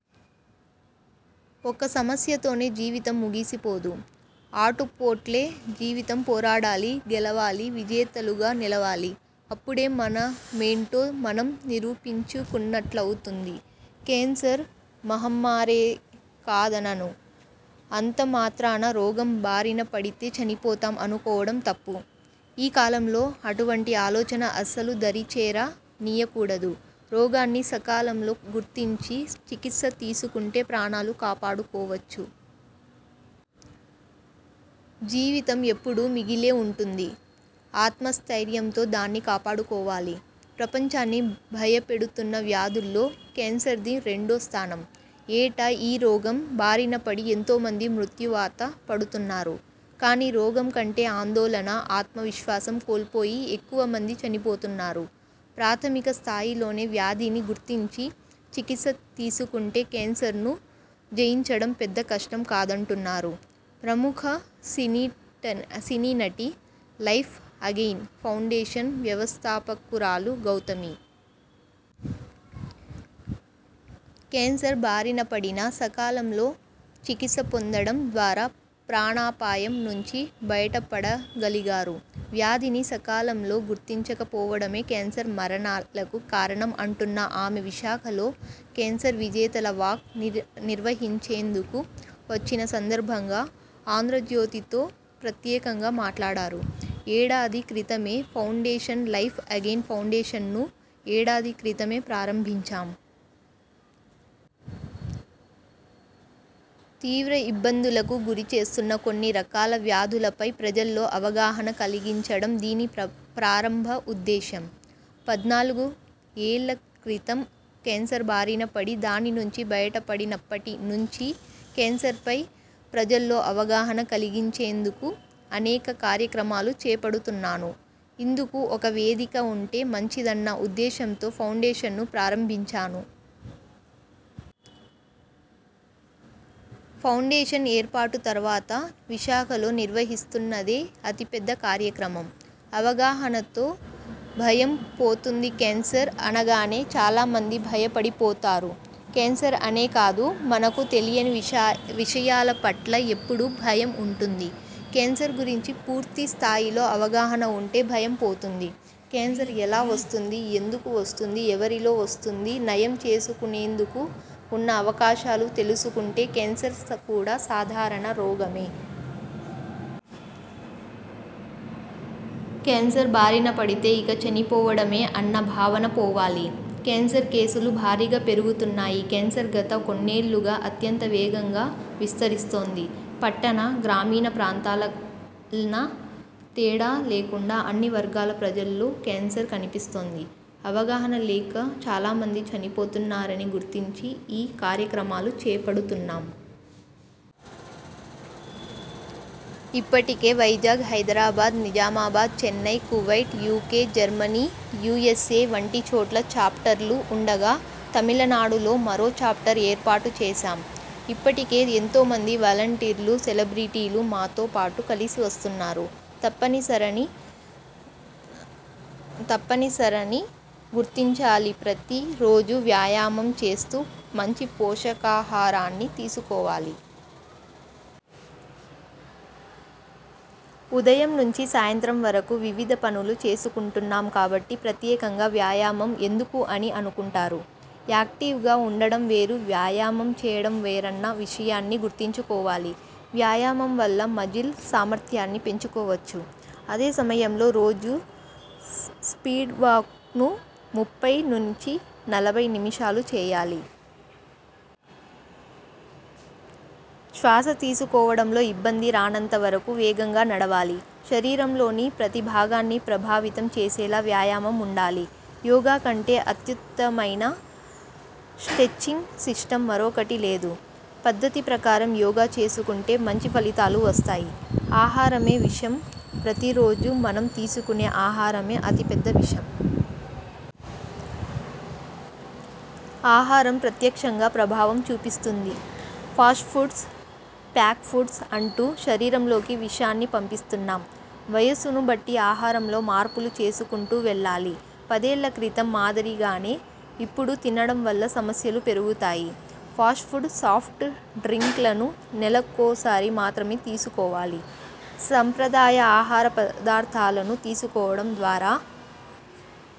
ఒక్క సమస్యతోనే జీవితం ముగిసిపోదు. ఆటుపోట్లే జీవితం పోరాడాలి, గెలవాలి, విజేతలుగా నిలవాలి. అప్పుడే మనమేంటో మనం నిరూపించుకున్నట్లవుతుంది. కేన్సర్ మహమ్మారేకాదనను. అంతమాత్రాన రోగం బారిన పడితే చనిపోతాం అనుకోవడం తప్పు. ఈ కాలంలో అటువంటి ఆలోచన అస్సలు దరిచేర నీయకూడదు. రోగాన్ని సకాలంలో గుర్తించి చికిత్స తీసుకుంటే ప్రాణాలు కాపాడుకోవచ్చు. జీవితం ఎప్పుడూ మిగిలే ఉంటుంది. ఆత్మస్థైర్యంతో దాన్ని కాపాడుకోవాలి. ప్రపంచాన్ని భయపెడుతున్న వ్యాధుల్లో కేన్సర్ది రెండో స్థానం. ఏటా ఈ రోగం బారినపడి ఎంతోమంది మృత్యువాత పడుతున్నారు. కానీ రోగం కంటే ఆందోళన, ఆత్మవిశ్వాసం కోల్పోయి ఎక్కువ మంది చనిపోతున్నారు. ప్రాథమిక స్థాయిలోనే వ్యాధిని గుర్తించి చికిత్స తీసుకుంటే కేన్సర్ను జయించడం పెద్ద కష్టం కాదంటున్నారు ప్రముఖ సినీనటి, 'లైఫ్ అగైన్' ఫౌండేషన్ వ్యవస్థాపకురాలు గౌతమి. కేన్సర్ బారినపడినా సకాలంలో చికిత్స పొందడం ద్వారా ప్రాణాపాయం నుంచి బయటపడగలిగారు. వ్యాధిని సకాలంలో గుర్తించక పోవడమే కేన్సర్ మరణాలకు కారణం అంటున్న ఆమె విశాఖలో 'కేన్సర్ విజేతల వాక్' నిర్వహించేందుకు వచ్చిన సందర్భంగా 'ఆంధ్రజ్యోతి'తో ప్రత్యేకంగా మాట్లాడారు. ఏడాది క్రితమే ఫౌండేషన్'లైఫ్ అగైన్' ఫౌండేషన్ను ఏడాది క్రితమే ప్రారంభించాం. తీవ్ర ఇబ్బందులకు గురిచేస్తున్న కొన్ని రకాల వ్యాధులపై ప్రజల్లో అవగాహన కలిగించడం దీని ప్రారంభ ఉద్దేశం. పద్నాలుగు ఏళ్ల క్రితం కేన్సర్ బారిన పడి దాని నుంచి బయటపడినప్పటి నుంచి కేన్సర్పై ప్రజల్లో అవగాహన కలిగించేందుకు అనేక కార్యక్రమాలు చేపడుతున్నాను. ఇందుకు ఒక వేదిక ఉంటే మంచిదన్న ఉద్దేశంతో ఫౌండేషన్ను ప్రారంభించాను. ఫౌండేషన్ ఏర్పాటు తర్వాత విశాఖలో నిర్వహిస్తున్నదే అతి పెద్ద కార్యక్రమం. అవగాహనతో భయం పోతుందికేన్సర్ అనగానే చాలామంది భయపడిపోతారు. కేన్సర్ అనే కాదు మనకు తెలియని విషయాలపట్ల ఎప్పుడూ భయం ఉంటుంది. కేన్సర్ గురించి పూర్తి స్థాయిలో అవగాహన ఉంటే భయం పోతుంది. కేన్సర్ ఎలా వస్తుంది, ఎందుకు వస్తుంది, ఎవరిలో వస్తుంది, నయం చేసుకునేందుకు ఉన్న అవకాశాలు తెలుసుకుంటే కేన్సర్ కూడా సాధారణ రోగమే. కేన్సర్ బారిన పడితే ఇక చనిపోవడమే అన్న భావన పోవాలి. కేన్సర్ కేసులు భారీగా పెరుగుతున్నాయి కేన్సర్ గత కొన్నేళ్లుగా అత్యంత వేగంగా విస్తరిస్తోంది. పట్టణ, గ్రామీణ ప్రాంతాలన్న తేడా లేకుండా అన్ని వర్గాల ప్రజల్లో కేన్సర్ కనిపిస్తోంది. అవగాహన లేక చాలామంది చనిపోతున్నారని గుర్తించి ఈ కార్యక్రమాలు చేపడుతున్నాం. ఇప్పటికే Vizag, Hyderabad, Nizamabad, Chennai, Kuwait, UK, Germany, USA వంటి చోట్ల చాప్టర్లు ఉండగా, తమిళనాడులో మరో చాప్టర్ ఏర్పాటుచేశాం. ఇప్పటికే ఎంతోమంది వలంటీర్లు, సెలబ్రిటీలు మాతో పాటు కలిసి వస్తున్నారు. తప్పనిసరని తప్పనిసరని గుర్తించాలిప్రతి రోజూ వ్యాయామం చేస్తూ మంచి పోషకాహారాన్ని తీసుకోవాలి. ఉదయం నుంచి సాయంత్రం వరకు వివిధ పనులు చేసుకుంటున్నాం కాబట్టి ప్రత్యేకంగా వ్యాయామం ఎందుకు అని అనుకుంటారు. యాక్టివ్గా ఉండడం వేరు, వ్యాయామం చేయడం వేరన్న విషయాన్ని గుర్తుంచుకోవాలి. వ్యాయామం వల్ల మజిల్ సామర్థ్యాన్ని పెంచుకోవచ్చు. అదే సమయంలో రోజూ స్పీడ్వాక్ను ముప్పై నుంచి నలభై నిమిషాలు చేయాలి. శ్వాసతీసుకోవడంలో ఇబ్బంది రానంత వరకు వేగంగా నడవాలి. శరీరంలోని ప్రతిభాగాన్ని ప్రభావితం చేసేలా వ్యాయామం ఉండాలి. యోగాకంటే అత్యుత్తమమైన స్టెచ్చింగ్ సిస్టమ్ మరొకటి లేదు. పద్ధతి ప్రకారం యోగా చేసుకుంటే మంచి ఫలితాలు వస్తాయి. ఆహారమే విషం ప్రతి రోజూ మనం తీసుకునే ఆహారమే అతి పెద్ద విషం. ఆహారం ప్రత్యక్షంగా ప్రభావం చూపిస్తుంది. ఫాస్ట్ఫుడ్స్, ప్యాక్డ్ ఫుడ్స్ అంటూ శరీరంలోకి విషాన్ని పంపిస్తున్నాం. వయసును బట్టి ఆహారంలో మార్పులు చేసుకుంటూ వెళ్లాలి. పదేళ్ల క్రితం మాదిరిగానే ఇప్పుడు తినడం వల్ల సమస్యలు పెరుగుతాయి. ఫాస్ట్ఫుడ్, సాఫ్ట్ డ్రింక్లను నెలకోసారి మాత్రమే తీసుకోవాలి. సంప్రదాయ ఆహార పదార్థాలను తీసుకోవడం ద్వారా